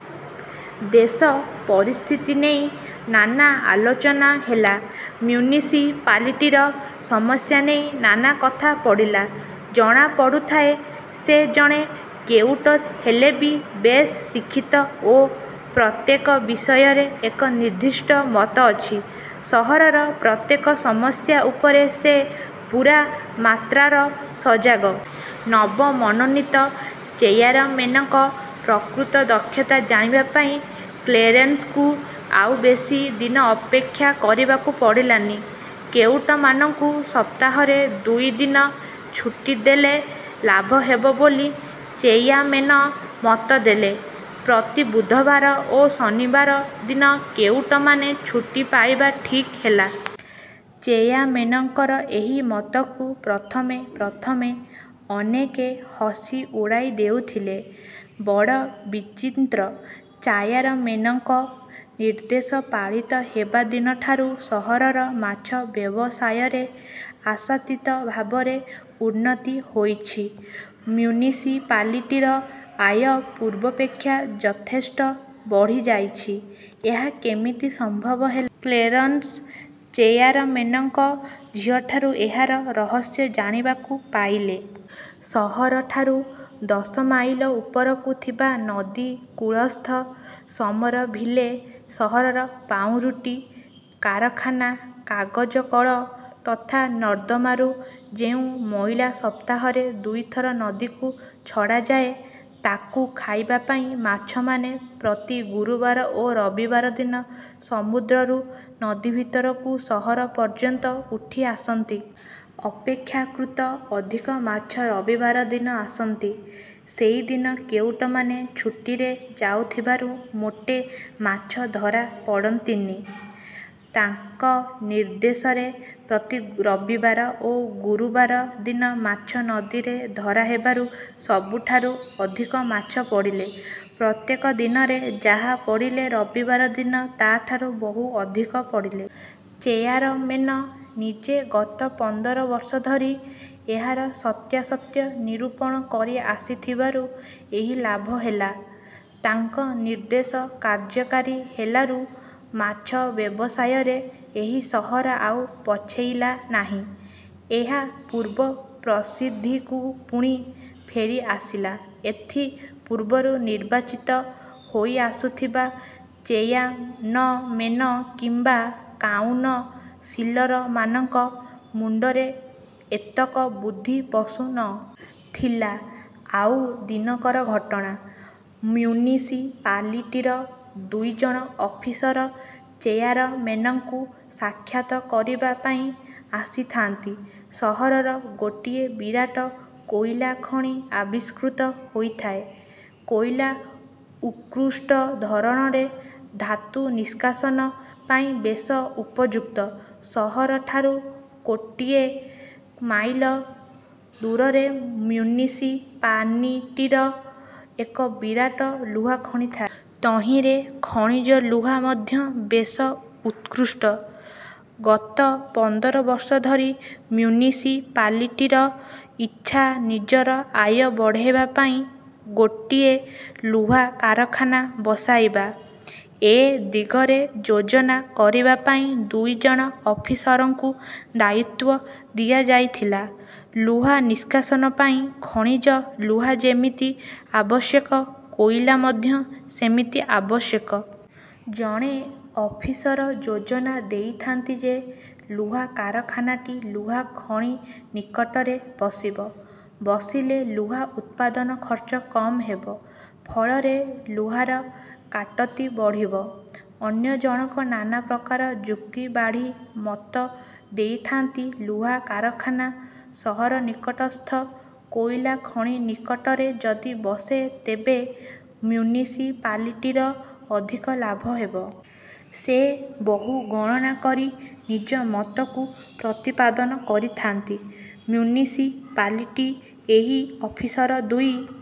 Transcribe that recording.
ଦେଶ ପରିସ୍ଥିତି ନେଇ ନାନା ଆଲୋଚନା ହେଲା। ମ୍ୟୁନିସିପାଲିଟିର ସମସ୍ୟା ନେଇ ନାନା କଥା ପଡ଼ିଲା। ଜଣା ପଡ଼ୁଥାଏ, ସେ ଜଣେ କେଉଟ ହେଲେ ବି ବେଶ୍ ଶିକ୍ଷିତ ଓ ପ୍ରତ୍ୟେକ ବିଷୟରେ ଏକନିର୍ଦ୍ଧିଷ୍ଟ ମତ ଅଛି। ସହରର ପ୍ରତ୍ୟେକ ସମସ୍ୟା ଉପରେ ସେ ପୂରା ମାତ୍ରାର ସଜାଗ। ନବ ମନୋନୀତ ଚେୟାରମେନଙ୍କ ପ୍ରକୃତ ଦକ୍ଷତା ଜାଣିବା ପାଇଁ କ୍ଳେରେନ୍ସଙ୍କୁ ଆଉ ବେଶି ଦିନ ଅପେକ୍ଷା କରିବାକୁ ପଡ଼ିଲାନି। କେଉଟମାନଙ୍କୁ ସପ୍ତାହରେ ଦୁଇ ଦିନ ଛୁଟିଦେଲେ ଲାଭ ହେବ ବୋଲି ଚେୟାମେନ ମତ ଦେଲେ। ପ୍ରତି ବୁଧବାର ଓ ଶନିବାର ଦିନ କେଉଟମାନେ ଛୁଟି ପାଇବା ଠିକ୍ ହେଲା। ଚେୟାମେନଙ୍କର ଏହି ମତକୁ ପ୍ରଥମେ ପ୍ରଥମେ ଅନେକେ ହସି ଉଡ଼ାଇ ଦେଉଥିଲେ। ବଡ଼ବିଚିନ୍ତ୍ର। ଚାୟାରମେନଙ୍କ ନିର୍ଦ୍ଦେଶ ପାଳିତ ହେବାଦିନଠାରୁ ସହରର ମାଛ ବ୍ୟବସାୟରେ ଆଶାତୀତ ଭାବରେ ଉନ୍ନତି ହୋଇଛି। ମ୍ୟୁନିସିପାଲିଟିର ଆୟ ପୂର୍ବାପେକ୍ଷା ଯଥେଷ୍ଟ ବଢ଼ିଯାଇଛି। ଏହା କେମିତି ସମ୍ଭବ ହେଲା କ୍ଳେରନ୍ସ ଚେୟାରମେନଙ୍କ ଝିଅଠାରୁ ଏହାର ରହସ୍ୟ ଜାଣିବାକୁ ପାଇଲେ। ସହରଠାରୁ ଦଶମାଇଲ ଉପରକୁ ଥିବା ନଦୀ କୂଳସ୍ଥ ସମରଭୀଲେ ସହରର ପାଉଁରୁଟି କାରଖାନା, କାଗଜକଳ, ତଥା ନର୍ଦ୍ଦମାରୁ ଯେଉଁ ମଇଳା ସପ୍ତାହରେ ଦୁଇଥର ନଦୀକୁ ଛଡ଼ାଯାଏ, ତାକୁ ଖାଇବା ପାଇଁ ମାଛମାନେ ପ୍ରତି ଗୁରୁବାର ଓ ରବିବାର ଦିନ ସମୁଦ୍ରରୁ ନଦୀଭିତରକୁ ସହର ପର୍ଯ୍ୟନ୍ତ ଉଠି ଆସନ୍ତି। ଅପେକ୍ଷାକୃତ ଅଧିକ ମାଛ ରବିବାର ଦିନ ଆସନ୍ତି। ସେଇ ଦିନ କେଉଟମାନେ ଛୁଟିରେ ଯାଉଥିବାରୁ ମୋଟେ ମାଛ ଧରା ପଡ଼ନ୍ତିନି। ତାଙ୍କନିର୍ଦ୍ଦେଶରେ ପ୍ରତି ରବିବାର ଓ ଗୁରୁବାର ଦିନ ମାଛ ନଦୀରେ ଧରା ହେବାରୁ ସବୁଠାରୁ ଅଧିକ ମାଛ ପଡ଼ିଲେ। ପ୍ରତ୍ୟେକ ଦିନରେ ଯାହା ପଡ଼ିଲେ ରବିବାର ଦିନ ତା'ଠାରୁ ବହୁ ଅଧିକ ପଡ଼ିଲେ। ଚେୟାରମେନ ନିଜେ ଗତ ପନ୍ଦର ବର୍ଷ ଧରି ଏହାର ସତ୍ୟାସତ୍ୟ ନିରୂପଣ କରି ଆସିଥିବାରୁ ଏହି ଲାଭ ହେଲା। ତାଙ୍କ ନିର୍ଦ୍ଦେଶ କାର୍ଯ୍ୟକାରୀ ହେଲାରୁ ମାଛ ବ୍ୟବସାୟରେ ଏହି ସହର ଆଉ ପଛେଇଲା ନାହିଁ। ଏହା ପୂର୍ବ ପ୍ରସିଦ୍ଧିକୁ ପୁଣି ଫେରି ଆସିଲା। ଏଥି ପୂର୍ବରୁ ନିର୍ବାଚିତ ହୋଇ ଆସୁଥିବା ଚେୟାନମେନ କିମ୍ବା କାଉନ ସିଲରମାନଙ୍କ ମୁଣ୍ଡରେ ଏତକ ବୁଦ୍ଧି ପଶୁ ନ। ଥିଲା। ଆଉ ଦିନକର ଘଟଣା। ମ୍ୟୁନିସିପାଲିଟିର ଦୁଇଜଣ ଅଫିସର ଚେୟାରମେନଙ୍କୁ ସାକ୍ଷାତ କରିବା ପାଇଁ ଆସିଥାନ୍ତି। ସହରର ଗୋଟିଏ ବିରାଟ କୋଇଲା ଖଣି ଆବିଷ୍କୃତ ହୋଇଥାଏ। କୋଇଲା ଉତ୍କୃଷ୍ଟ ଧରଣରେ। ଧାତୁନିଷ୍କାସନ ପାଇଁ ବେଶ ଉପଯୁକ୍ତ। ସହରଠାରୁ କୋଡିଏ ମାଇଲ ଦୂରରେ ମ୍ୟୁନିସିପାନିଟିର ଏକ ବିରାଟ ଲୁହାଖଣି ଥାଏ। ତହିଁରେ ଖଣିଜ ଲୁହା ମଧ୍ୟ ବେଶ ଉତ୍କୃଷ୍ଟ। ଗତ ପନ୍ଦର ବର୍ଷ ଧରି ମ୍ୟୁନିସିପାଲିଟିର ଇଚ୍ଛା ନିଜର ଆୟ ବଢ଼ାଇବା ପାଇଁ ଗୋଟିଏ ଲୁହା କାରଖାନା ବସାଇବା। ଏ ଦିଗରେ ଯୋଜନା କରିବା ପାଇଁ ଦୁଇ ଜଣ ଅଫିସରଙ୍କୁ ଦାୟିତ୍ୱ ଦିଆଯାଇଥିଲା। ଲୁହାନିଷ୍କାସନ ପାଇଁ ଖଣିଜ ଲୁହା ଯେମିତି ଆବଶ୍ୟକ, କୋଇଲା ମଧ୍ୟ ସେମିତି ଅବଶ୍ୟକ। ଜଣେ ଅଫିସର ଯୋଜନା ଦେଇଥାନ୍ତି ଯେ ଲୁହା କାରଖାନାଟି ଲୁହା ଖଣିନିକଟରେ ବସିବ। ବସିଲେ ଲୁହା ଉତ୍ପାଦନ ଖର୍ଚ୍ଚ କମ୍ ହେବ। ଫଳରେ ଲୁହାର କାଟତି ବଢ଼ିବ। ଅନ୍ୟ ଜଣକ ନାନା ପ୍ରକାର ଯୁକ୍ତିବାଢ଼ି ମତ ଦେଇଥାନ୍ତି, ଲୁହା କାରଖାନା, ସହରନିକଟସ୍ଥ କୋଇଲାଖଣିନିକଟରେ ଯଦି ବସେ ତେବେ ମ୍ୟୁନିସିପାଲିଟିର ଅଧିକ ଲାଭ ହେବ। ସେ ବହୁ ଗଣନା କରି ନିଜ ମତକୁ ପ୍ରତିପାଦନ କରିଥାନ୍ତି। ମ୍ୟୁନିସିପାଲିଟି ଏହି ଅଫିସର ଦୁଇ